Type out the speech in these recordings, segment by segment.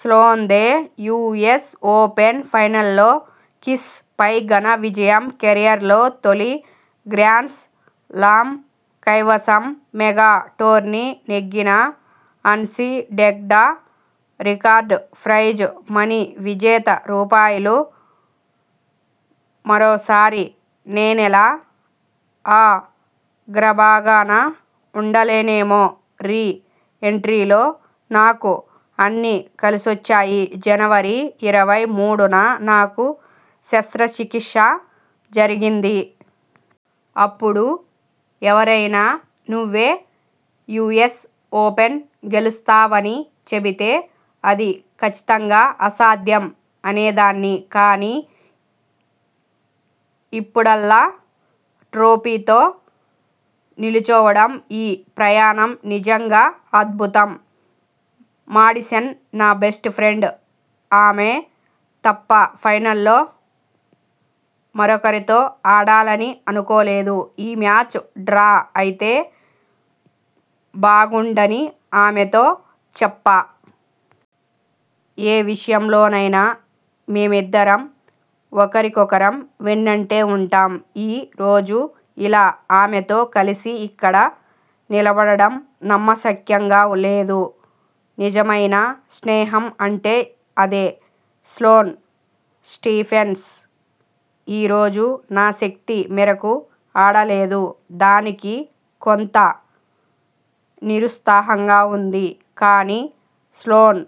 స్లోన్దే US open ఫైనల్లో Keys పై ఘన విజయం కెరీర్లో తొలి గ్రాండ్స్ లామ్ కైవసం. మెగా టోర్నీ నెగ్గిన అన్సీడెడ్గా రికార్డు ప్రైజ్ మనీ విజేత రూపాయలు. మరోసారి నేనిలా అ గ్రభాగాన ఉండలేనేమో! రీ ఎంట్రీలో నాకు అన్నీ కలిసొచ్చాయి. జనవరి ఇరవై మూడున నాకు శస్త్ర చికిత్స జరిగింది. అప్పుడు ఎవరైనా నువ్వు యూఎస్ ఓపెన్ గెలుస్తావని చెబితే అది కచ్చి తంగా అసాధ్యం అనేదాన్ని. కానీ, ఇప్పుడిలా ట్రోఫీతో నిలుచోవడం.. ఈ ప్రయాణం నిజంగా అద్భుతం. మాడిసన్ నా బెస్ట్ ఫ్రెండ్. ఆమె తప్ప ఫైనల్లో మరొకరితో ఆడాలని అనుకోలేదు. ఈ మ్యాచ్ డ్రా అయితే బాగుండని ఆమెతో చెప్పా. ఏ విషయంలోనైనా మేమిద్దరం ఒకరికొకరం వెన్నంటే ఉంటాం. ఈ రోజు ఇలా ఆమెతో కలిసి ఇక్కడ నిలబడడం నమ్మశక్యంగా లేదు. నిజమైన స్నేహం అంటే అదే. స్లోన్ స్టీఫెన్స్ ఈ రోజు నా శక్తి మేరకు ఆడలేదు. దానికి కొంత నిరుత్సాహంగా ఉంది. కానీ, స్లోన్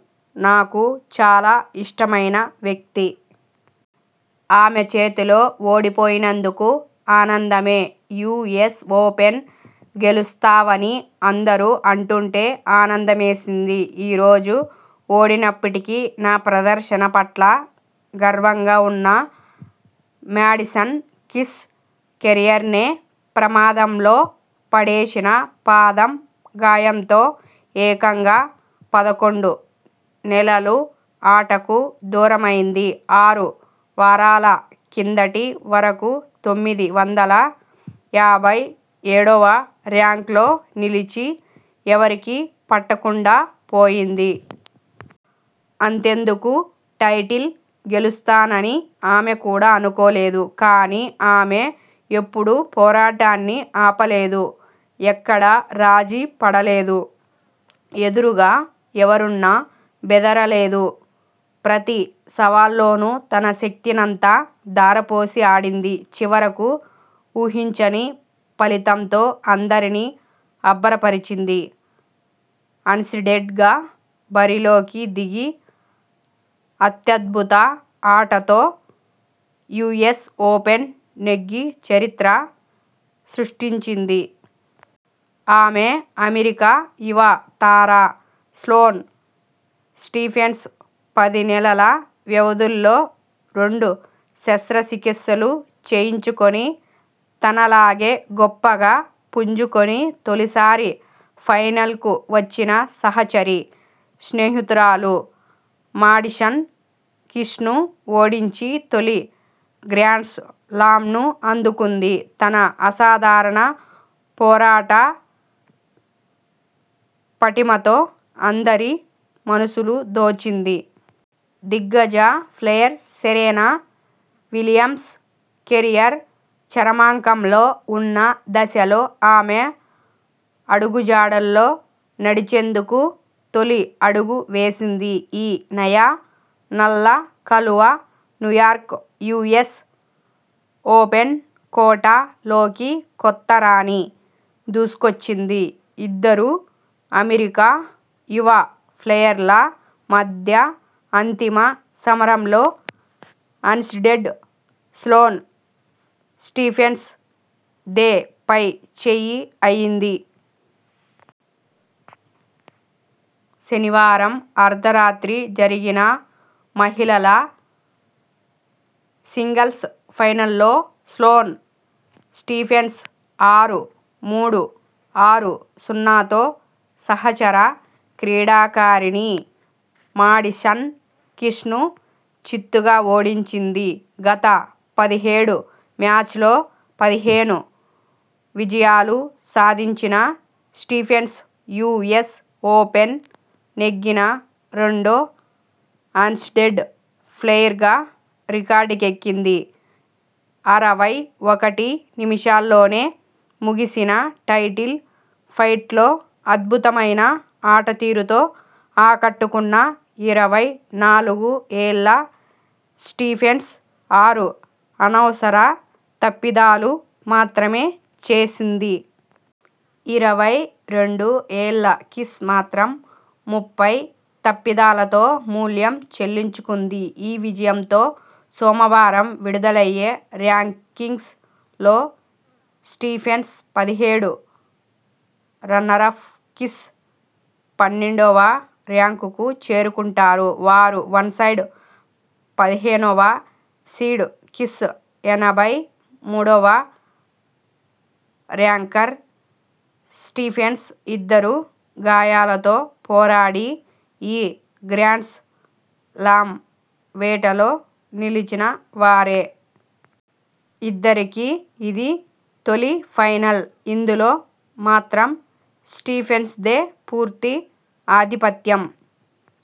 నాకు చాలా ఇష్టమైన వ్యక్తి. ఆమె చేతిలో ఓడిపోయినందుకు ఆనందమే. యూఎస్ ఓపెన్ గెలుస్తావని అందరూ అంటుంటే ఆనందమేసింది. ఈ రోజు ఓడినప్పటికీ నా ప్రదర్శన పట్ల గర్వంగా ఉన్నా. మాడిసన్ కీస్ కెరీర్నే ప్రమాదంలో పడేసిన పాదం గాయంతో ఏకంగా పదకొండు నెలలు ఆటకు దూరమైంది. ఆరు వారాల కిందటి వరకూ తొమ్మిది వందల యాభై ఏడువ ర్యాంక్లో నిలిచి ఎవరికీ పట్టకుండా పోయింది. అంతెందుకు టైటిల్ గెలుస్తానని ఆమె కూడా అనుకోలేదు. కానీ, ఆమె ఎప్పుడూ పోరాటాన్ని ఆపలేదు, ఎక్కడా రాజీ పడలేదు, ఎదురుగా ఎవరున్నా బెదరలేదు, ప్రతీ సవాల్లోనూ తన శక్తినంతా ధారపోసి ఆడింది. చివరకు ఊహించని ఫలితంతో అందరినీ అబ్బురపరిచింది. అన్సీడెడ్ గా బరిలోకి దిగి అత్యద్భుత ఆటతో యూఎస్ ఓపెన్ నెగ్గి చరిత్ర సృష్టించింది. ఆమే అమెరికా యువ తార స్లోన్ స్టీఫెన్స్ పది నెలల వ్యవధిలో రెండు శస్త్రచికిత్సలు చేయించుకొని, తనలాగే గొప్పగా పుంజుకొని, తొలిసారి ఫైనల్కు వచ్చిన సహచరి, స్నేహితురాలు మాడిసన్ కీస్ను ఓడించి తొలి గ్రాండ్స్ లామ్ను అందుకుంది. తన అసాధారణ పోరాట పటిమతో అందరి మనసులూ దోచింది. దిగ్గజ ప్లేయర్ సెరెనా విలియమ్స్ కెరీర్ చరమాంకంలో ఉన్న దశలో ఆమె అడుగజాడల్లో నడిచేందుకు, తొలి అడుగు వేసింది ఈ నయా నల్ల కలువ న్యూయార్క్ యూఎస్ ఓపెన్ కోట లోకి కొత్త రాణి దూసుకొచ్చింది. ఇద్దరు అమెరికా యువ ప్లేయర్ల మధ్య అంతిమ సమరంలో అన్సీడెడ్ స్లోన్ స్టీఫెన్స్ దే పై చేయి అయింది. శనివారం అర్ధరాత్రి జరిగిన మహిళల సింగిల్స్ ఫైనల్లో స్లోన్ స్టీఫెన్స్ ఆరు-మూడు, ఆరు-సున్నాతో సహచర క్రీడాకారిణి మాడిసన్ కీస్ను చిత్తుగా ఓడించింది. గత పదిహేడు మ్యాచ్ల్లో పదిహేను విజయాలు సాధించిన స్టీఫెన్స్, యూఎస్ ఓపెన్ నెగ్గిన రెండో అన్సీడెడ్ ప్లేయర్గా రికార్డుకెక్కింది. అరవై ఒకటి నిమిషాల్లోనే ముగిసిన టైటిల్ ఫైట్లో అద్భుతమైన ఆటతీరుతో ఆకట్టుకున్న ఇరవై నాలుగు ఏళ్ల స్టీఫెన్స్ ఆరు అనవసర తప్పిదాలు మాత్రమే చేసింది. ఇరవై రెండు ఏళ్ల కీస్ మాత్రం ముప్పై తప్పిదాలతో మూల్యం చెల్లించుకుంది. ఈ విజయంతో సోమవారం విడుదలయ్యే ర్యాంకింగ్స్ లో స్టీఫెన్స్ పదిహేడు, రన్నరప్ కీస్ పన్నెండువ ర్యాంక్కు చేరుకుంటారు. వార్ వన్సైడ్, పదిహేనవ సీడ్ కీస్, ఎనభై మూడువ ర్యాంకర్ స్టీఫెన్స్ ఇద్దరూ గాయాలతో పోరాడి ఈ గ్రాండ్స్ లామ్ వేటలో నిలిచిన వారే. ఇద్దరికీ ఇది తొలి ఫైనల్. ఇందులో మాత్రం స్టీఫెన్స్ దే పూర్తి ఆధిపత్యం.